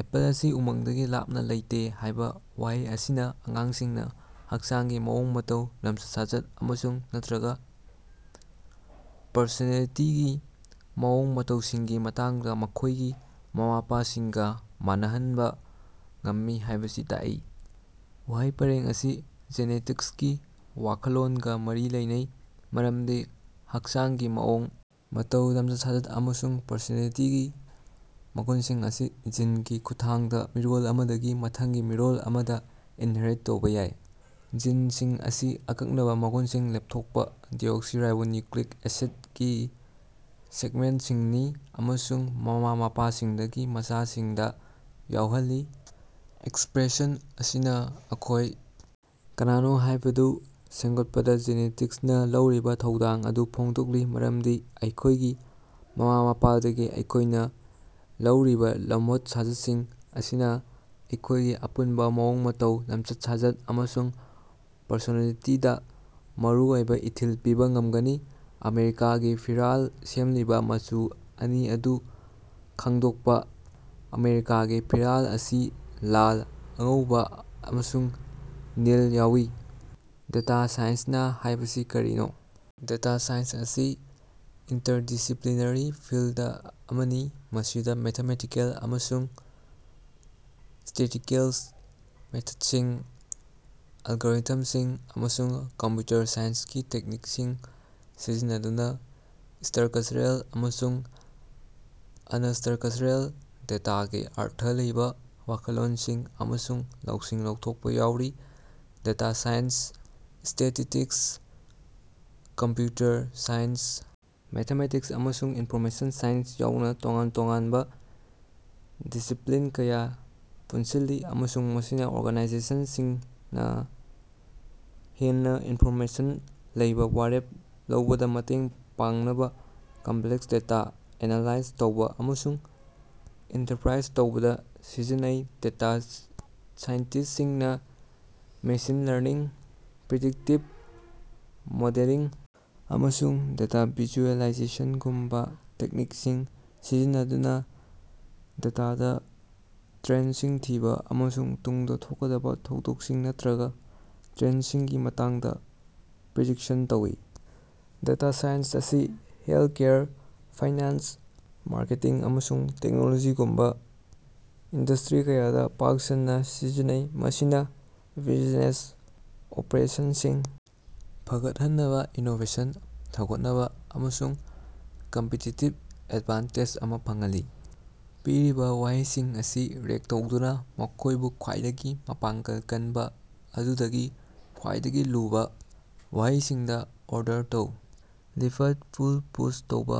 Apple ꯑꯁꯤ ꯎꯃꯪꯗꯒꯤ ꯂꯥꯞꯅ ꯂꯩꯇꯦ ꯍꯥꯏꯕ ꯋꯥꯍꯩ ꯑꯁꯤꯅ ꯑꯉꯥꯡꯁꯤꯡꯅ ꯍꯛꯆꯥꯡꯒꯤ ꯃꯑꯣꯡ-ꯃꯇꯧ, ꯂꯝꯆꯠ-ꯁꯥꯖꯠ ꯑꯃꯁꯨꯡ/ꯅꯠꯇ꯭ꯔꯒ ꯄꯔꯁꯣꯅꯦꯂꯤꯇꯤꯒꯤ ꯃꯑꯣꯡ-ꯃꯇꯧꯁꯤꯡꯒꯤ ꯃꯇꯥꯡꯗ ꯃꯈꯣꯏꯒꯤ ꯃꯃꯥ-ꯃꯄꯥꯁꯤꯡꯒ ꯃꯥꯟꯅꯍꯟꯕ ꯉꯝꯃꯤ ꯍꯥꯢꯕꯁꯤ ꯇꯥꯛꯏ ꯫ ꯋꯥꯍꯩ ꯄꯔꯦꯡ ꯑꯁꯤ ꯖꯦꯅꯦꯇꯤꯛꯁꯀꯤ ꯋꯥꯈꯜꯂꯣꯟꯒ ꯃꯔꯤ ꯂꯩꯅꯩ ꯃꯔꯝꯗꯤ ꯍꯛꯆꯥꯡꯒꯤ ꯃꯑꯣꯡ ꯃꯇꯧ, ꯂꯝꯆꯠ-ꯁꯥꯖꯠ ꯑꯃꯁꯨꯡ ꯄꯔꯁꯣꯅꯦꯂꯤꯇꯤꯒꯤ ꯃꯒꯨꯟꯁꯤꯡ ꯑꯁꯤ ꯖꯤꯟꯒꯤ ꯈꯨꯠꯊꯥꯡꯗ ꯃꯤꯔꯣꯜ ꯑꯃꯗꯒꯤ ꯃꯊꯪꯒꯤ ꯃꯤꯔꯣꯜ ꯑꯃꯗ ꯏꯟꯍꯦꯔꯤꯠ ꯇꯧꯕ ꯌꯥꯏ꯫ ꯖꯤꯟꯁꯤꯡ ꯑꯁꯤ ꯑꯀꯛꯅꯕ ꯃꯒꯨꯟꯁꯤꯡ ꯂꯦꯞꯊꯣꯛꯄ ꯗꯤꯑꯣꯛꯁꯤꯔꯥꯏꯕꯣ ꯅꯤꯌꯨꯀ꯭ꯂꯤꯛ ꯑꯦꯁꯤꯠ ꯒꯤ ꯁꯦꯒꯃꯦꯟꯇꯁꯤꯡꯅꯤ ꯑꯃꯁꯨꯡ ꯃꯃꯥ-ꯃꯄꯥꯁꯤꯡꯗꯒꯤ ꯃꯆꯥꯁꯤꯡꯗ ꯌꯧꯍꯜꯂꯤ꯫ ꯑꯦꯛꯁꯄ꯭ꯔꯦꯁꯟ ꯑꯁꯤꯅ ꯑꯩꯈꯣꯏ ꯀꯅꯥꯅꯣ ꯍꯥꯏꯕꯗꯨ ꯁꯦꯝꯒꯠꯄꯗ ꯖꯦꯅꯦꯇꯤꯛꯁꯅ ꯂꯧꯔꯤꯕ ꯊꯧꯗꯥꯡ ꯑꯗꯨ ꯐꯣꯡꯗꯣꯛꯂꯤ ꯃꯔꯝꯗꯤ ꯑꯩꯈꯣꯏꯒꯤ ꯃꯃꯥ-ꯃꯄꯥꯗꯒꯤ ꯑꯩꯈꯣꯏꯅ ꯂꯧꯔꯤꯕ ꯂꯝꯋꯠ-ꯁꯥꯖꯠꯁꯤꯡ ꯑꯁꯤꯅ ꯑꯩꯈꯣꯏꯒꯤ ꯑꯄꯨꯟꯕ ꯃꯑꯣꯡ ꯃꯇꯧ, ꯂꯝꯆꯠ-ꯁꯥꯖꯠ ꯑꯃꯁꯨꯡ ꯄꯔꯁꯣꯅꯦꯂꯤꯇꯤꯗ ꯃꯔꯨꯑꯣꯏꯕ ꯏꯊꯤꯜ ꯄꯤꯕ ꯉꯝꯒꯅꯤ ꯫ ꯑꯃꯦꯔꯤꯀꯥꯒꯤ ꯐꯤꯔꯥꯜ ꯁꯦꯝꯂꯤꯕ ꯃꯆꯨ ꯑꯅꯤ ꯑꯗꯨ ꯈꯪꯗꯣꯛꯄ꯫ ꯑꯃꯦꯔꯤꯀꯥꯒꯤ ꯐꯤꯔꯥꯜ ꯑꯁꯤ ꯂꯥꯜ, ꯑꯉꯧꯕ ꯑꯃꯁꯨꯡ ꯅꯤꯜ ꯌꯥꯎꯏ꯫ ꯗꯦꯇꯥ ꯁꯥꯏꯟꯁ ꯍꯥꯢꯕꯁꯤ ꯀꯔꯤꯅꯣ? ꯗꯦꯇꯥ ꯁꯥꯏꯟꯁ ꯑꯁꯤ ꯏꯟꯇꯔꯗꯤꯁꯤꯄ꯭ꯂꯤꯅꯔꯤ ꯐꯤꯜꯗ ꯑꯃꯅꯤ ꯃꯁꯤꯗ ꯃꯦꯊꯃꯦꯇꯤꯀꯦꯜ ꯑꯃꯁꯨꯡ ꯁ꯭ꯇꯦꯇꯤꯁꯇꯤꯀꯦꯜ ꯃꯦꯊꯗꯁꯤꯡ, ꯑꯦꯜꯒꯣꯔꯤꯊꯝꯁꯤꯡ ꯑꯃꯁꯨꯡ ꯀꯝꯄ꯭ꯌꯨꯇꯔ ꯁꯥꯏꯟꯁꯀꯤ ꯇꯦꯛꯅꯤꯛꯁꯤꯡ ꯁꯤꯖꯤꯟꯅꯗꯨꯅ ꯁ꯭ꯇꯔꯀꯆꯔꯦꯜ ꯑꯃꯁꯨꯡ ꯑꯅꯁ꯭ꯇꯔꯀꯆꯔꯦꯜ ꯗꯦꯇꯥꯗꯒꯤ ꯑꯔꯊ ꯂꯩꯕ ꯋꯥꯈꯜꯂꯣꯟꯁꯤꯡ ꯑꯃꯁꯨꯡ ꯂꯧꯁꯤꯡ ꯂꯧꯊꯣꯛꯄ ꯌꯥꯎꯔꯤ꯫ ꯗꯦꯇꯥ ꯁꯥꯏꯟꯁꯅ ꯁ꯭ꯇꯦꯇꯤꯁꯇꯤꯛꯁ, ꯀꯝꯄ꯭ꯌꯨꯇꯔ ꯁꯥꯏꯟꯁ, ꯃꯦꯊꯃꯦꯇꯤꯛꯁ ꯑꯃꯁꯨꯡ ꯏꯟꯐꯣꯔꯃꯦꯁꯟ ꯁꯥꯏꯟꯁ ꯌꯥꯎꯅ ꯇꯣꯉꯥꯟ-ꯇꯣꯉꯥꯟꯕ ꯗꯤꯁꯤꯄ꯭ꯂꯤꯟ ꯀꯌꯥ ꯄꯨꯟꯁꯤꯜꯂꯤ ꯑꯃꯁꯨꯡ ꯃꯁꯤꯅ ꯑꯣꯔꯒꯥꯅꯥꯏꯖꯦꯁꯟꯁꯤꯡꯅ ꯍꯦꯟꯅ ꯏꯟꯐꯣꯔꯃꯦꯁꯟ ꯂꯩꯕ ꯋꯥꯔꯦꯞ ꯂꯧꯕꯗ ꯃꯇꯦꯡ ꯄꯥꯡꯅꯕ ꯀꯝꯄ꯭ꯂꯦꯛꯁ ꯗꯦꯇꯥ ꯑꯦꯅꯥꯂꯥꯏꯖ ꯇꯧꯕ ꯑꯃꯁꯨꯡ ꯏꯟꯇꯔꯄ꯭ꯔꯥꯏꯖ ꯇꯧꯕꯗ ꯁꯤꯖꯤꯟꯅꯩ꯫ ꯗꯦꯇꯥ ꯁꯥꯏꯟꯇꯤꯁ꯭ꯇꯁꯤꯡꯅ ꯃꯦꯁꯤꯟ ꯂꯔꯅꯤꯡ, ꯄ꯭ꯔꯤꯗꯤꯛꯇꯤꯚ ꯃꯣꯗꯦꯂꯤꯡ ꯑꯃꯁꯨꯡ ꯗꯦꯇꯥ ꯚꯤꯖꯨꯑꯦꯂꯥꯏꯖꯦꯁꯟꯒꯨꯝꯕ ꯇꯦꯛꯅꯤꯛꯁꯤꯡ ꯁꯤꯖꯤꯟꯅꯗꯨꯅ ꯗꯦꯇꯥꯗ ꯇ꯭ꯔꯦꯟꯗꯁꯤꯡ ꯊꯤꯕ ꯑꯃꯁꯨꯡ ꯇꯨꯡꯗ ꯊꯣꯛꯀꯗꯕ ꯊꯧꯗꯣꯛꯁꯤꯡ ꯅꯠꯇ꯭ꯔꯒ ꯇ꯭ꯔꯦꯟꯗꯁꯤꯡꯒꯤ ꯃꯇꯥꯡꯗ ꯄ꯭ꯔꯤꯗꯤꯛꯁꯟ ꯇꯧꯏ꯫ ꯗꯦꯇꯥ ꯁꯥꯏꯟꯁ ꯑꯁꯤ ꯍꯦꯜꯊꯀꯦꯌꯔ, ꯐꯥꯏꯅꯥꯟꯁ, ꯃꯥꯔꯀꯦꯇꯤꯡ ꯑꯃꯁꯨꯡ ꯇꯦꯛꯅꯣꯂꯣꯖꯤꯒꯨꯝꯕ ꯏꯟꯗꯁꯇ꯭ꯔꯤ ꯀꯌꯥꯗ ꯄꯥꯛ ꯁꯟꯅ ꯁꯤꯖꯤꯟꯅꯩ, ꯃꯁꯤꯅ ꯕꯤꯖꯤꯅꯦꯁ ꯑꯣꯄꯔꯦꯁꯟꯁꯤꯡ ꯐꯒꯠꯍꯟꯅꯕ, ꯏꯅꯣꯚꯦꯁꯟ ꯊꯧꯒꯠꯅꯕ ꯑꯃꯁꯨꯡ ꯀꯝꯄꯤꯇꯤꯇꯤꯚ ꯑꯦꯗꯚꯥꯟꯇꯦꯖ ꯑꯃ ꯐꯪꯍꯜꯂꯤ꯫ ꯄꯤꯔꯤꯕ ꯋꯥꯍꯩꯁꯤꯡ ꯑꯗꯨ ꯔꯦꯡꯀ ꯇꯧꯗꯨꯅ, ꯃꯈꯣꯏꯕꯨ ꯈ꯭ꯋꯥꯏꯗꯒꯤ ꯃꯄꯥꯡꯒꯜ ꯀꯟꯕ ꯑꯗꯨꯗꯒꯤ ꯈ꯭ꯋꯥꯏꯗꯒꯤ ꯂꯨꯕ ꯋꯥꯍꯩꯁꯤꯡꯗ ꯑꯣꯔꯗꯔ ꯇꯧ꯫ ꯂꯤꯐꯠ, ꯄꯨꯜ, ꯄꯨꯁ ꯇꯧꯕ꯫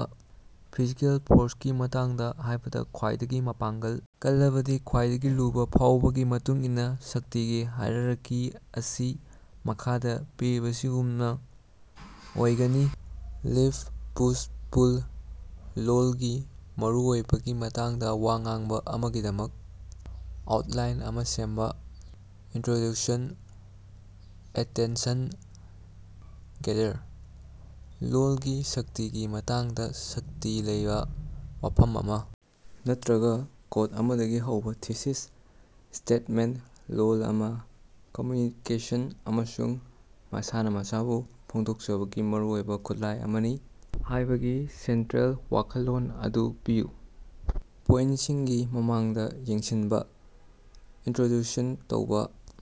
ꯐꯤꯖꯤꯀꯦꯜ ꯐꯣꯔꯁꯀꯤ ꯃꯇꯥꯡꯗ ꯍꯥꯏꯔꯕꯗ, ꯈ꯭ꯋꯥꯏꯗꯒꯤ ꯃꯄꯥꯡꯒꯜ ꯀꯜꯂꯕꯗꯤ ꯈ꯭ꯋꯥꯏꯗꯒꯤ ꯂꯨꯕ ꯐꯥꯎꯕꯒꯤ ꯃꯇꯨꯡ ꯏꯟꯅ ꯁꯛꯇꯤꯒꯤ ꯍꯥꯏꯔꯥꯔꯀꯤ ꯑꯁꯤ ꯃꯈꯥꯗ ꯄꯤꯔꯤꯕꯁꯤꯒꯨꯝꯅ ꯑꯣꯏꯒꯅꯤ: ꯂꯤꯐ, ꯄꯨꯁ, ꯄꯨꯜ꯫ ꯂꯣꯜꯒꯤ ꯃꯔꯨꯑꯣꯏꯕꯒꯤ ꯃꯇꯥꯡꯗ ꯋꯥ ꯉꯥꯡꯕ ꯑꯃꯒꯤꯗꯃꯛ ꯑꯥꯎꯇꯂꯥꯏꯟ ꯑꯃ ꯁꯦꯝꯕ꯫ ꯏꯟꯇ꯭ꯔꯣꯗ꯭ꯌꯨꯁꯟ ꯑꯦꯇꯦꯟꯁꯟ-ꯒꯦꯇꯔ: ꯂꯣꯜꯒꯤ ꯁꯛꯇꯤꯒꯤ ꯃꯇꯥꯡꯗ ꯁꯛꯇꯤ ꯂꯩꯕ ꯋꯥꯐꯝ ꯑꯃ ꯅꯠꯇ꯭ꯔꯒ ꯀꯣꯠ ꯑꯃꯗꯒꯤ ꯍꯧꯕ꯫ ꯊꯤꯁꯤꯁ ꯁ꯭ꯇꯦꯠꯃꯦꯟꯇ: ꯂꯣꯜ ꯑꯁꯤ ꯀꯝꯃ꯭ꯌꯨꯅꯤꯀꯦꯁꯟ ꯑꯃꯁꯨꯡ ꯃꯁꯥꯅ ꯃꯁꯥꯕꯨ ꯐꯣꯡꯗꯣꯛꯆꯕꯒꯤ ꯃꯔꯨꯑꯣꯏꯕ ꯈꯨꯠꯂꯥꯏ ꯑꯃꯅꯤ ꯍꯥꯏꯕꯒꯤ ꯁꯦꯟꯇ꯭ꯔꯦꯜ ꯋꯥꯈꯜꯂꯣꯟ ꯑꯗꯨ ꯄꯤꯌꯨ꯫ ꯄꯣꯏꯟꯇꯁꯤꯡꯒꯤ ꯃꯃꯥꯡꯗ ꯌꯦꯡꯁꯤꯟꯕ: ꯏꯟꯇ꯭ꯔꯣꯗ꯭ꯌꯨꯁꯟ ꯇꯧꯕ꯫